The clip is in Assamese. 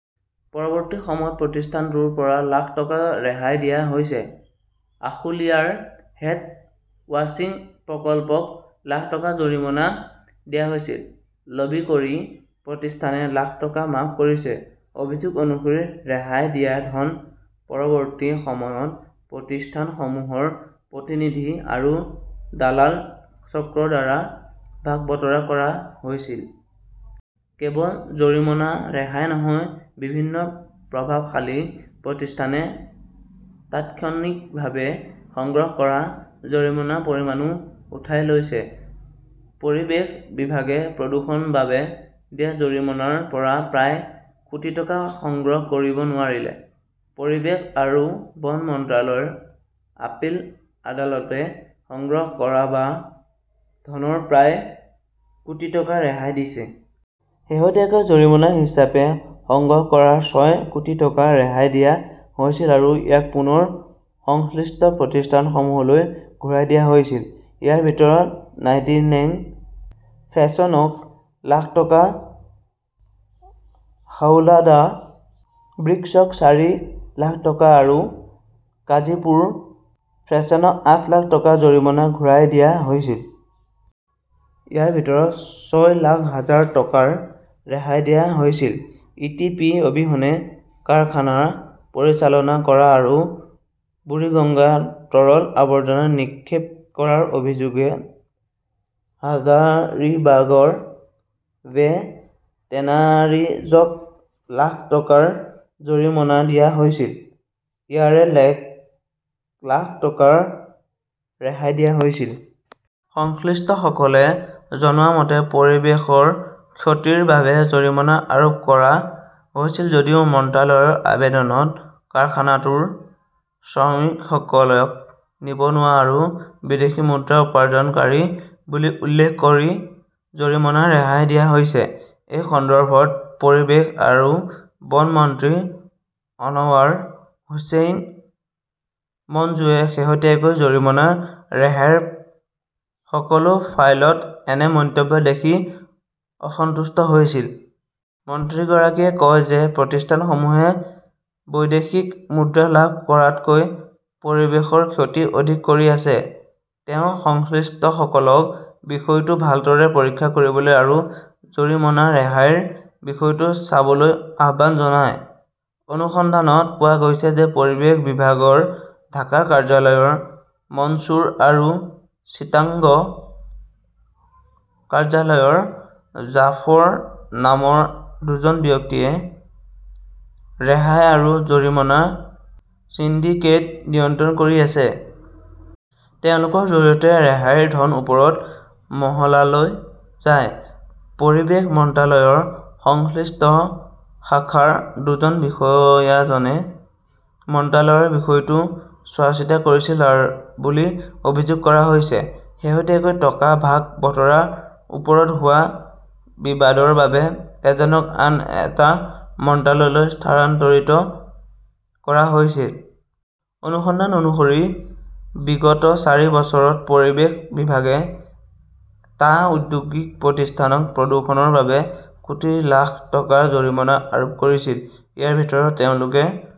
পৰৱৰ্তী সময়ত প্ৰতিষ্ঠানটোৰ পৰা লাখ টকা ৰেহাই দিয়া হৈছিল। আশুলিয়াৰ হেড ৱাশ্বিং প্ৰকল্পক লাখ টকাৰ জৰিমনা দিয়া হৈছিল। লবি কৰি প্ৰতিষ্ঠানে লাখ টকা মাফ কৰিছে। অভিযোগ অনুসৰি, ৰেহাই দিয়া ধন পৰৱৰ্তী সময়ত প্ৰতিষ্ঠানসমূহৰ প্ৰতিনিধি আৰু দালাল চক্ৰৰ দ্বাৰা ভাগ-বতৰা কৰা হৈছিল। কেৱল জৰিমনা ৰেহাই নহয়, বিভিন্ন প্ৰভাৱশালী প্ৰতিষ্ঠানে তাৎক্ষণিকভাৱে সংগ্ৰহ কৰা জৰিমনাৰ পৰিমাণও উঠাই লৈছে। পৰিৱেশ বিভাগে প্ৰদূষণৰ বাবে দিয়া জৰিমনাৰ পৰা প্ৰায় কোটি টকা সংগ্ৰহ কৰিব নোৱাৰিলে। পৰিৱেশ আৰু বন মন্ত্ৰালয়ৰ আপীল আদালতে সংগ্ৰহ কৰা ধনৰ প্ৰায় কোটি টকা ৰেহাই দিছে। শেহতীয়াকৈ জৰিমনা হিচাপে সংগ্ৰহ কৰা ছয় কোটি টকা ৰেহাই দিয়া হৈছিল আৰু ইয়াক পুনৰ সংশ্লিষ্ট প্ৰতিষ্ঠানসমূহলৈ ঘূৰাই দিয়া হৈছিল। ইয়াৰ ভিতৰত নাইটিঙেল ফেশ্বনক লাখ টকা, হাওলাডাৰ ব্ৰিকছক চাৰি লাখ টকা আৰু কাজীপুৰ ফেশ্বনক আঠ লাখ টকাৰ জৰিমনা ঘূৰাই দিয়া হৈছিল। ইয়াৰ ভিতৰত ছয় লাখ হাজাৰ টকা ৰেহাই দিয়া হৈছিল। ই. টি. পি. অবিহনে কাৰখানা পৰিচালনা কৰা আৰু বুৰিগঙ্গাত তৰল আৱৰ্জনা নিক্ষেপ কৰাৰ অভিযোগত হাজাৰিবাগৰ বে-টেনাৰিজক লাখ টকাৰ জৰিমনা দিয়া হৈছিল। ইয়াৰে লাখ টকা ৰেহাই দিয়া হৈছে। সংশ্লিষ্টসকলে জনোৱা মতে, পৰিৱেশৰ ক্ষতিৰ বাবে জৰিমনা আৰোপ কৰা হৈছিল যদিও মন্ত্ৰালয়ৰ আবেদনত কাৰখানাটোৰ শ্ৰমিকসকলক নিবনুৱা আৰু বিদেশী মুদ্ৰা উপাৰ্জনকাৰী বুলি উল্লেখ কৰি জৰিমনা ৰেহাই দিয়া হৈছে। এই সন্দৰ্ভত পৰিৱেশ আৰু বন মন্ত্ৰী অনৱাৰ হুছেইন মঞ্জুৱে শেহতীয়াকৈ জৰিমনা ৰেহাইৰ সকলো ফাইলত এনে মন্তব্য দেখি অসন্তুষ্ট হৈছিল। মন্ত্ৰীগৰাকীয়ে কয় যে প্ৰতিষ্ঠানসমূহে বৈদেশিক মুদ্ৰা লাভ কৰাতকৈ পৰিৱেশৰ ক্ষতি অধিক কৰি আছে। তেওঁ সংশ্লিষ্টসকলক বিষয়টো ভালদৰে পৰীক্ষা কৰিবলৈ আৰু জৰিমনা ৰেহাইৰ বিষয়টো চাবলৈ আহ্বান জনায়। অনুসন্ধানত পোৱা গৈছে যে পৰিৱেশ বিভাগৰ ঢাকা কাৰ্যালয়ৰ মনছুৰ আৰু চিটাগং কাৰ্যালয়ৰ জাফৰ নামৰ দুজন ব্যক্তিয়ে ৰেহাই আৰু জৰিমনা সিন্ডিকেট নিয়ন্ত্ৰণ কৰি আছে। তেওঁলোকৰ জৰিয়তে ৰেহাইৰ ধন ওপৰৰ মহলালৈ যায়। পৰিৱেশ মন্ত্ৰালয়ৰ সংশ্লিষ্ট শাখাৰ দুজন বিষয়াজনে মন্ত্ৰালয়ৰ বিষয়টো চোৱাচিতা কৰিছিল বুলি অভিযোগ কৰা হৈছে। শেহতীয়াকৈ টকা ভাগ-বতৰাৰ ওপৰত হোৱা বিবাদৰ বাবে এজনক আন এটা মন্ত্ৰালয়লৈ স্থানান্তৰিত কৰা হৈছে। অনুসন্ধান অনুসৰি, বিগত চাৰি বছৰত পৰিৱেশ বিভাগে, টা ঔদ্যোগিক প্ৰতিষ্ঠানক প্ৰদূষণৰ বাবে কোটি লাখ টকাৰ জৰিমনা আৰোপ কৰিছিল। ইয়াৰ ভিতৰত তেওঁলোকে